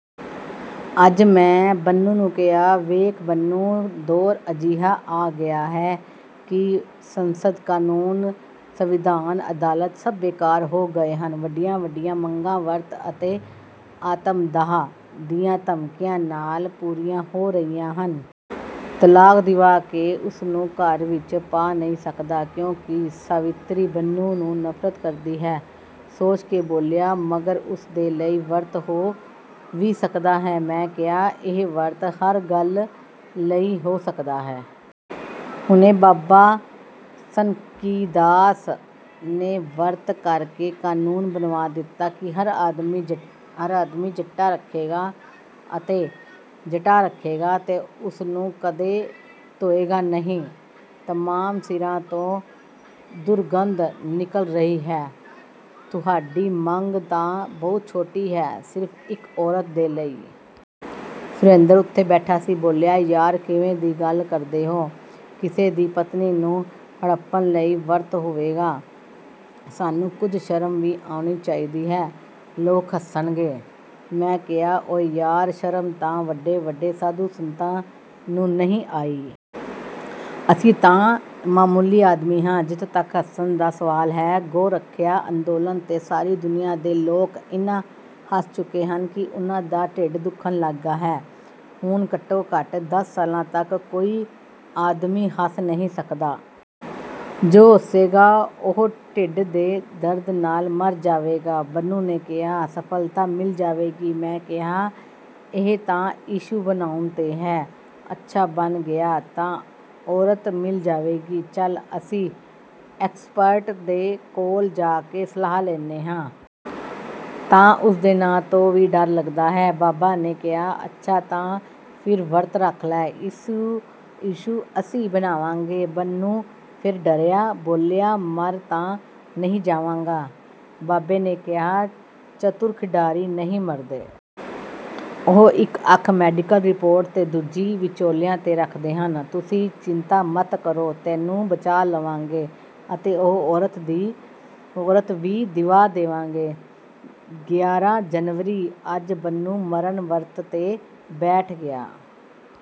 ਅੱਜ ਮੈਂ ਬੰਨੂ ਨੂੰ ਕਿਹਾ, "ਵੇਖ ਬੰਨੂ, ਦੌਰ ਅਜਿਹਾ ਆ ਗਿਆ ਹੈ ਕਿ ਸੰਸਦ, ਕਨੂੰਨ, ਸੰਵਿਧਾਨ, ਅਦਾਲਤ ਸਭ ਬੇਕਾਰ ਹੋ ਗਏ ਹਨ। ਵੱਡੀਆਂ-ਵੱਡੀਆਂ ਮੰਗਾਂ ਵਰਤ ਅਤੇ ਆਤਮਦਾਹ ਦੀਆਂ ਧਮਕੀਆਂ ਨਾਲ਼ ਪੂਰੀਆਂ ਹੋ ਰਹੀਆਂ ਹਨ। ਤਲਾਕ ਦਿਵਾ ਕੇ ਉਸਨੂੰ ਘਰ ਵਿੱਚ ਪਾ ਨਹੀਂ ਸਕਦਾ, ਕਿਉਂਕਿ ਸਾਵਿਤਰੀ ਬੰਨੂ ਨੂੰ ਨਫ਼ਰਤ ਕਰਦੀ ਹੈ। ਸੋਚ ਕੇ ਬੋਲਿਆ, "ਮਗਰ ਉਸਦੇ ਲਈ ਵਰਤ ਹੋ ਵੀ ਸਕਦਾ ਹੈ?" ਮੈਂ ਕਿਹਾ, "ਇਹ ਵਰਤ ਹਰ ਗੱਲ ਲਈ ਹੋ ਸਕਦਾ ਹੈ। ਹੁਣੇ ਬਾਬਾ ਸਨਕੀਦਾਸ ਨੇ ਵਰਤ ਕਰਕੇ ਕਨੂੰਨ ਬਣਵਾ ਦਿੱਤਾ ਹੈ ਕਿ ਹਰ ਆਦਮੀ ਜਟਾਂ ਰੱਖੇਗਾ ਅਤੇ ਉਸਨੂੰ ਕਦੇ ਧੋਏਗਾ ਨਹੀਂ। ਤਮਾਮ ਸਿਰਾਂ ਤੋਂ ਦੁਰਗੰਧ ਨਿਕਲ ਰਹੀ ਹੈ। ਤੁਹਾਡੀ ਮੰਗ ਤਾਂ ਬਹੁਤ ਛੋਟੀ ਹੈ, ਸਿਰਫ਼ ਇੱਕ ਔਰਤ ਦੇ ਲਈ।" ਸੁਰੇਂਦਰ ਉੱਥੇ ਬੈਠਾ ਸੀ। ਬੋਲਿਆ, "ਯਾਰ ਕਿਵੇਂ ਦੀ ਗੱਲ ਕਰਦੇ ਹੋ! ਕਿਸੇ ਦੀ ਪਤਨੀ ਨੂੰ ਹੜੱਪਣ ਲਈ ਵਰਤ ਹੋਵੇਗਾ? ਸਾਨੂੰ ਕੁੱਝ ਸ਼ਰਮ ਵੀ ਆਉਣੀ ਚਾਹੀਦੀ ਹੈ। ਲੋਕ ਹੱਸਣਗੇ।" ਮੈਂ ਕਿਹਾ, "ਓਏ ਯਾਰ, ਸ਼ਰਮ ਤਾਂ ਵੱਡੇ-ਵੱਡੇ ਸਾਧੂ-ਸੰਤਾਂ ਨੂੰ ਨਹੀਂ ਆਈ। ਅਸੀਂ ਤਾਂ ਮਾਮੂਲੀ ਆਦਮੀ ਹਾਂ। ਜਿੱਥੇ ਤੱਕ ਹੱਸਣ ਦਾ ਸਵਾਲ ਹੈ, ਗੋ-ਰੱਖਿਆ ਅੰਦੋਲਨ 'ਤੇ ਸਾਰੀ ਦੁਨੀਆਂ ਦੇ ਲੋਕ ਇੰਨਾ ਹੱਸ ਚੁੱਕੇ ਹਨ ਕਿ ਉਨ੍ਹਾਂ ਦਾ ਢਿੱਡ ਦੁੱਖਣ ਲੱਗਾ ਹੈ। ਹੁਣ ਘੱਟੋ--ਘੱਟ ਦਸ ਸਾਲਾਂ ਤੱਕ ਕੋਈ ਆਦਮੀ ਹੱਸ ਨਹੀਂ ਸਕਦਾ। ਜੋ ਹੱਸੇਗਾ ਉਹ ਢਿੱਡ ਦੇ ਦਰਦ ਨਾਲ਼ ਮਰ ਜਾਵੇਗਾ।" ਬੰਨੂ ਨੇ ਕਿਹਾ, "ਸਫ਼ਲਤਾ ਮਿਲ ਜਾਵੇਗੀ?" ਮੈਂ ਕਿਹਾ, "ਇਹ ਤਾਂ ਇਸ਼ੂ ਬਣਾਉਣ 'ਤੇ ਹੈ। ਅੱਛਾ ਬਣ ਗਿਆ ਤਾਂ ਔਰਤ ਮਿਲ ਜਾਵੇਗੀ। ਚੱਲ, ਅਸੀਂ ਐਕਸਪਰਟ ਦੇ ਕੋਲ ਜਾ ਕੇ ਸਲਾਹ ਲੈਂਦੇ ਹਾਂ। ਤਾਂ ਉਸਦੇ ਨਾਂ ਤੋਂ ਵੀ ਡਰ ਲੱਗਦਾ ਹੈ।" ਬਾਬਾ ਨੇ ਕਿਹਾ, "ਅੱਛਾ ਤਾਂ ਫਿਰ ਵਰਤ ਰੱਖ ਲੈ। ਇਸ਼ੂ ਅਸੀਂ ਬਣਾਵਾਂਗੇ।" ਬੰਨੂ ਫਿਰ ਡਰਿਆ। ਬੋਲਿਆ, "ਮਰ ਤਾਂ ਨਹੀਂ ਜਾਵਾਂਗਾ।" ਬਾਬੇ ਨੇ ਕਿਹਾ, "ਚਤੁਰ ਖਿਡਾਰੀ ਨਹੀਂ ਮਰਦੇ। ਉਹ ਇੱਕ ਅੱਖ ਮੈਡੀਕਲ ਰਿਪੋਰਟ 'ਤੇ ਅਤੇ ਦੂਜੀ ਵਿਚੋਲਿਆਂ 'ਤੇ ਰੱਖਦੇ ਹਨ। ਤੁਸੀਂ ਚਿੰਤਾ ਮਤ ਕਰੋ। ਤੈਨੂੰ ਬਚਾ ਲਵਾਂਗੇ ਅਤੇ ਉਹ ਔਰਤ ਵੀ ਦਿਵਾ ਦੇਵਾਂਗੇ।" ਗਿਆਰਾ ਜਨਵਰੀ ਅੱਜ ਬੰਨੂ ਮਰਨ ਵਰਤ 'ਤੇ ਬੈਠ ਗਿਆ।